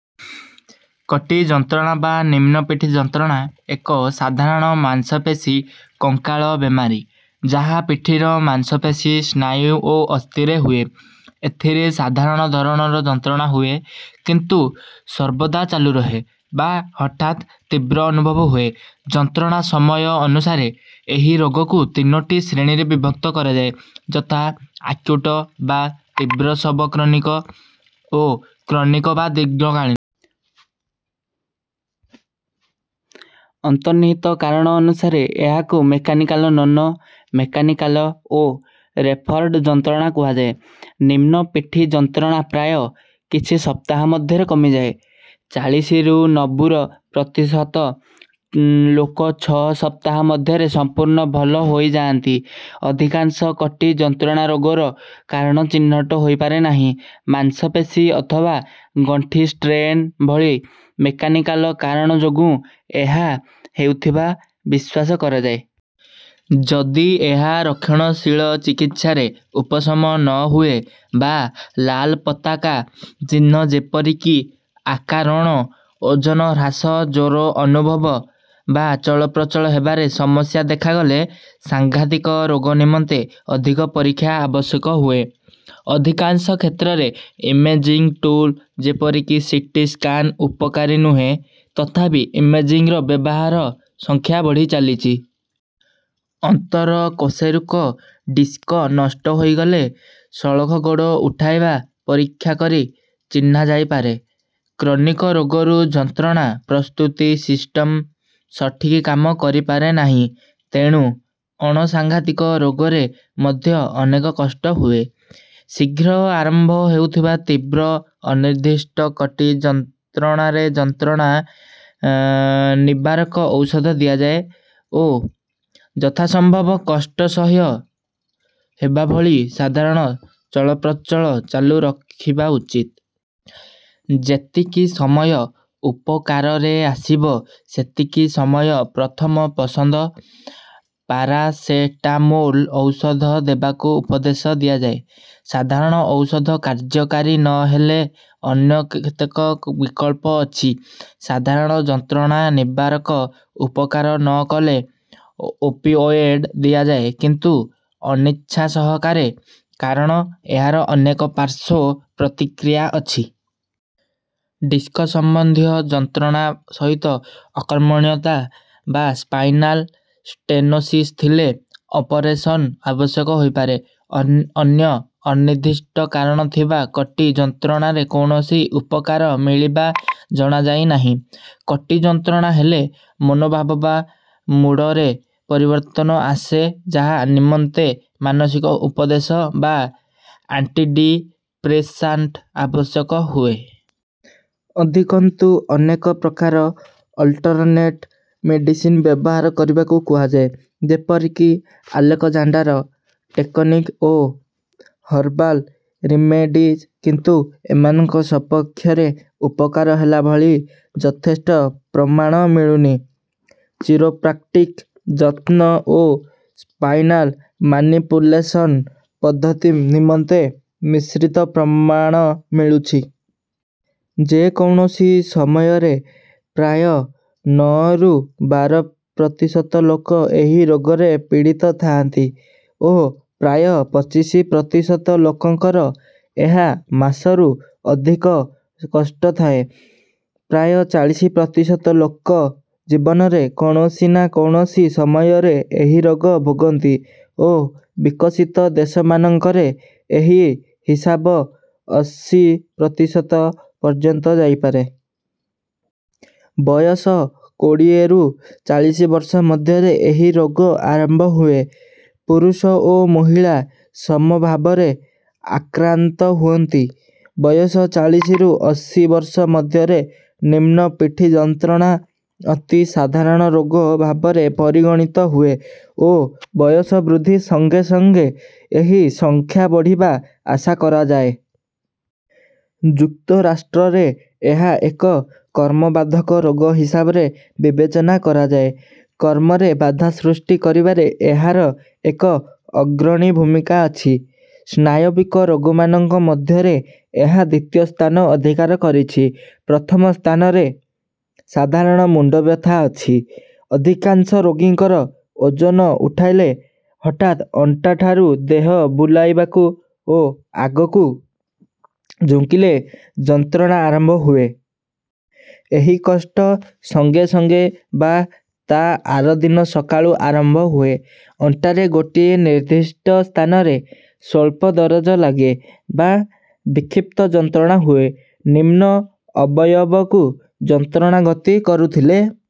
କଟି ଯନ୍ତ୍ରଣା ବା ନିମ୍ନ ପିଠି ଯନ୍ତ୍ରଣା ଏକ ସାଧାରଣ ମାଂସପେଶୀ କଙ୍କାଳ ବେମାରୀ ଯାହା ପିଠିର ମାଂସପେଶୀ ସ୍ନାୟୁ ଓ ଅସ୍ଥିରେ ହୁଏ। ଏଥିରେ ସାଧାରଣ ଧରଣର ଯନ୍ତ୍ରଣା ହୁଏ କିନ୍ତୁ ସର୍ବଦା ଚାଲୁରହେ ବା ହଠାତ୍ ତୀବ୍ର ଅନୁଭବ ହୁଏ। ଯନ୍ତ୍ରଣା ସମୟ ଅନୁସାରେ ଏହି ରୋଗକୁ ତିନୋଟି ଶ୍ରେଣୀରେ ବିଭକ୍ତ କରାଯାଏ ଯଥା ଆକ୍ୟୁଟ ବା ତୀବ୍ର ସବ କ୍ରନିକ ଓ କ୍ରନିକ ବା ଦୀର୍ଘକାଳୀ ଅନ୍ତର୍ନିହିତ କାରଣ ଅନୁସାରେ ଏହାକୁ ମେକାନିକାଲ ନନ ମେକାନିକାଲ ଓ ରେଫର୍ଡ ଯନ୍ତ୍ରଣା କୁହାଯାଏ। ନିମ୍ନ ପିଠି ଯନ୍ତ୍ରଣା ପ୍ରାୟ କିଛି ସପ୍ତାହ ମଧ୍ୟରେ କମିଯାଏ ଚାଳିଶରୁ ନବୁର ପ୍ରତିଶତ ଲୋକ ଛଅ ସପ୍ତାହ ମଧ୍ୟରେ ସମ୍ପୂର୍ଣ୍ଣ ଭଲ ହୋଇଯାନ୍ତି। ଅଧିକାଂଶ କଟି ଯନ୍ତ୍ରଣା ରୋଗର କାରଣ ଚିହ୍ନଟ ହୋଇପାରେ ନାହିଁ ମାଂସପେଶୀ ଅଥବା ଗଣ୍ଠି ଷ୍ଟ୍ରେନ ଭଳି ମେକାନିକାଲ କାରଣ ଯୋଗୁଁ ଏହା ହେଉଥିବା ବିଶ୍ୱାସ କରାଯାଏ। ଯଦି ଏହା ରକ୍ଷଣଶୀଳ ଚିକିତ୍ସାରେ ଉପଶମ ନ ହୁଏ ବା ଲାଲ ପତାକା ଚିହ୍ନ ଯେପରିକି ଆକାରଣ ଓଜନ ହ୍ରାସ ଜ୍ୱର ଅନୁଭବ ବା ଚଳପ୍ରଚଳ ହେବାରେ ସମସ୍ୟା ଦେଖାଗଲେ ସାଂଘାତିକ ରୋଗ ନିମନ୍ତେ ଅଧିକ ପରୀକ୍ଷା ଆବଶ୍ୟକ ହୁଏ। ଅଧିକାଂଶ କ୍ଷେତ୍ରରେ ଇମେଜିଙ୍ଗ ଟୁଲ ଯେପରିକି ସିଟି ସ୍କାନ ଉପକାରୀ ନୁହେଁ ତଥାପି ଇମେଜିଙ୍ଗର ବ୍ୟବହାର ସଂଖ୍ୟା ବଢ଼ିଚାଲିଛି। ଅନ୍ତର କୋଶେରୁକ ଡିସ୍କ ନଷ୍ଟ ହୋଇଗଲେ ସଳଖ ଗୋଡ଼ ଉଠାଇବା ପରୀକ୍ଷା କରି ଚିହ୍ନା ଯାଇପାରେ। କ୍ରନିକ ରୋଗରୁ ଯନ୍ତ୍ରଣା ପ୍ରସ୍ତୁତି ସିଷ୍ଟମ ସଠିକ କାମ କରିପାରେ ନାହିଁ ତେଣୁ ଅଣ ସାଂଘାତିକ ରୋଗରେ ମଧ୍ୟ ଅନେକ କଷ୍ଟ ହୁଏ। ଶୀଘ୍ର ଆରମ୍ଭ ହେଉଥିବା ତୀବ୍ର ଅନିର୍ଦ୍ଦିଷ୍ଟ କଟି ଯନ୍ତ୍ରଣାରେ ଯନ୍ତ୍ରଣା ନିବାରକ ଔଷଧ ଦିଆଯାଏ ଓ ଯଥା ସମ୍ଭବ କଷ୍ଟ ସହ୍ୟ ହେବା ଭଳି ସାଧାରଣ ଚଳପ୍ରଚଳ ଚାଲୁ ରଖିବା ଉଚିତ। ଯେତିକି ସମୟ ଉପକାରରେ ଆସିବ ସେତିକି ସମୟ ପ୍ରଥମ ପସନ୍ଦ ପାରାସେଟାମୋଲ ଔଷଧ ଦେବାକୁ ଉପଦେଶ ଦିଆଯାଏ। ସାଧାରଣ ଔଷଧ କାର୍ଯ୍ୟକାରୀ ନ ହେଲେ ଅନ୍ୟ କେତେକ ବିକଳ୍ପ ଅଛି। ସାଧାରଣ ଯନ୍ତ୍ରଣା ନିବାରକ ଉପକାର ନ କଲେ ଓପିଓଏଡ ଦିଆଯାଏ କିନ୍ତୁ ଅନିଚ୍ଛା ସହକାରେ କାରଣ ଏହାର ଅନେକ ପାର୍ଶ୍ୱ ପ୍ରତିକ୍ରିୟା ଅଛି। ଡିସ୍କ ସମ୍ବନ୍ଧୀୟ ଯନ୍ତ୍ରଣା ସହିତ ଅକର୍ମଣ୍ୟତା ବା ସ୍ପାଇନାଲ ଷ୍ଟେନୋସିସ ଥିଲେ ଅପରେସନ ଆବଶ୍ୟକ ହୋଇପାରେ। ଅନ୍ ଅନ୍ୟ ଅନିର୍ଦ୍ଦିଷ୍ଟ କାରଣ ଥିବା କଟି ଯନ୍ତ୍ରଣାରେ କୌଣସି ଉପକାର ମିଳିବା ଜଣାଯାଇ ନାହିଁ। କଟି ଯନ୍ତ୍ରଣା ହେଲେ ମନୋଭାବ ବା ମୁଡରେ ପରିବର୍ତ୍ତନ ଆସେ ଯାହା ନିମନ୍ତେ ମାନସିକ ଉପଦେଶ ବା ଆଣ୍ଟିଡିପ୍ରେସାଣ୍ଟ ଆବଶ୍ୟକ ହୁଏ। ଅଧିକନ୍ତୁ ଅନେକ ପ୍ରକାର ଅଲଟରନେଟ ମେଡିସିନ ବ୍ୟବହାର କରିବାକୁ କୁହାଯାଏ ଯେପରିକି ଆଲେକଜାଣ୍ଡର ଟେକନିକ ଓ ହର୍ବାଲ ରିମେଡିଜ କିନ୍ତୁ ଏମାନଙ୍କ ସପକ୍ଷରେ ଉପକାର ହେଲା ଭଳି ଯଥେଷ୍ଟ ପ୍ରମାଣ ମିଳୁନି। ଚିରୋପ୍ରାକ୍ଟିକ ଯତ୍ନ ଓ ସ୍ପାଇନାଲ ମାନିପୁଲେସନ ପଦ୍ଧତି ନିମନ୍ତେ ମିଶ୍ରିତ ପ୍ରମାଣ ମିଳୁଛି। ଯେ କୌଣସି ସମୟରେ ପ୍ରାୟ ନଅରୁ ବାର ପ୍ରତିଶତ ଲୋକ ଏହି ରୋଗରେ ପୀଡ଼ିତ ଥାଆନ୍ତି ଓ ପ୍ରାୟ ପଚିଶ ପ୍ରତିଶତ ଲୋକଙ୍କର ଏହା ମାସରୁ ଅଧିକ କଷ୍ଟ ଥାଏ। ପ୍ରାୟ ଚାଳିଶି ପ୍ରତିଶତ ଲୋକ ଜୀବନରେ କୌଣସି ନା କୌଣସି ସମୟରେ ଏହି ରୋଗ ଭୋଗନ୍ତି ଓ ବିକଶିତ ଦେଶମାନଙ୍କରେ ଏହି ହିସାବ ଅଶୀ ପ୍ରତିଶତ ପର୍ଯ୍ୟନ୍ତ ଯାଇପାରେ। ବୟସ କୋଡ଼ିଏରୁ ଚାଳିଶି ବର୍ଷ ମଧ୍ୟରେ ଏହି ରୋଗ ଆରମ୍ଭ ହୁଏ। ପୁରୁଷ ଓ ମହିଳା ସମ ଭାବରେ ଆକ୍ରାନ୍ତ ହୁଅନ୍ତି। ବୟସ ଚାଳିଶିରୁ ଅଶୀ ବର୍ଷ ମଧ୍ୟରେ ନିମ୍ନ ପିଠି ଯନ୍ତ୍ରଣା ଅତି ସାଧାରଣ ରୋଗ ଭାବରେ ପରିଗଣିତ ହୁଏ ଓ ବୟସ ବୃଦ୍ଧି ସଙ୍ଗେ ସଙ୍ଗେ ଏହି ସଂଖ୍ୟା ବଢ଼ିବା ଆଶା କରାଯାଏ। ଯୁକ୍ତରାଷ୍ଟ୍ରରେ ଏହା ଏକ କର୍ମ ବାଧକ ରୋଗ ହିସାବରେ ବିବେଚନା କରାଯାଏ। କର୍ମରେ ବାଧା ସୃଷ୍ଟି କରିବାରେ ଏହାର ଏକ ଅଗ୍ରଣୀ ଭୂମିକା ଅଛି। ସ୍ନାୟବିକ ରୋଗମାନଙ୍କ ମଧ୍ୟରେ ଏହା ଦ୍ୱିତୀୟ ସ୍ଥାନ ଅଧିକାର କରିଛି ପ୍ରଥମ ସ୍ଥାନରେ ସାଧାରଣ ମୁଣ୍ଡ ବ୍ୟଥା ଅଛି। ଅଧିକାଂଶ ରୋଗୀଙ୍କର ଓଜନ ଉଠାଇଲେ ହଠାତ ଅଣ୍ଟାଠାରୁ ଦେହ ବୁଲାଇବାକୁ ଓ ଆଗକୁ ଝୁଙ୍କିଲେ ଯନ୍ତ୍ରଣା ଆରମ୍ଭ ହୁଏ। ଏହି କଷ୍ଟ ସଙ୍ଗେ ସଙ୍ଗେ ବା ତା ଆର ଦିନ ସକାଳୁ ଆରମ୍ଭ ହୁଏ। ଅଣ୍ଟାରେ ଗୋଟିଏ ନିର୍ଦ୍ଦିଷ୍ଟ ସ୍ଥାନରେ ସ୍ୱଳ୍ପ ଦରଜ ଲାଗେ ବା ବିକ୍ଷିପ୍ତ ଯନ୍ତ୍ରଣା ହୁଏ। ନିମ୍ନ ଅବୟବକୁ ଯନ୍ତ୍ରଣା ଗତି କରୁଥିଲେ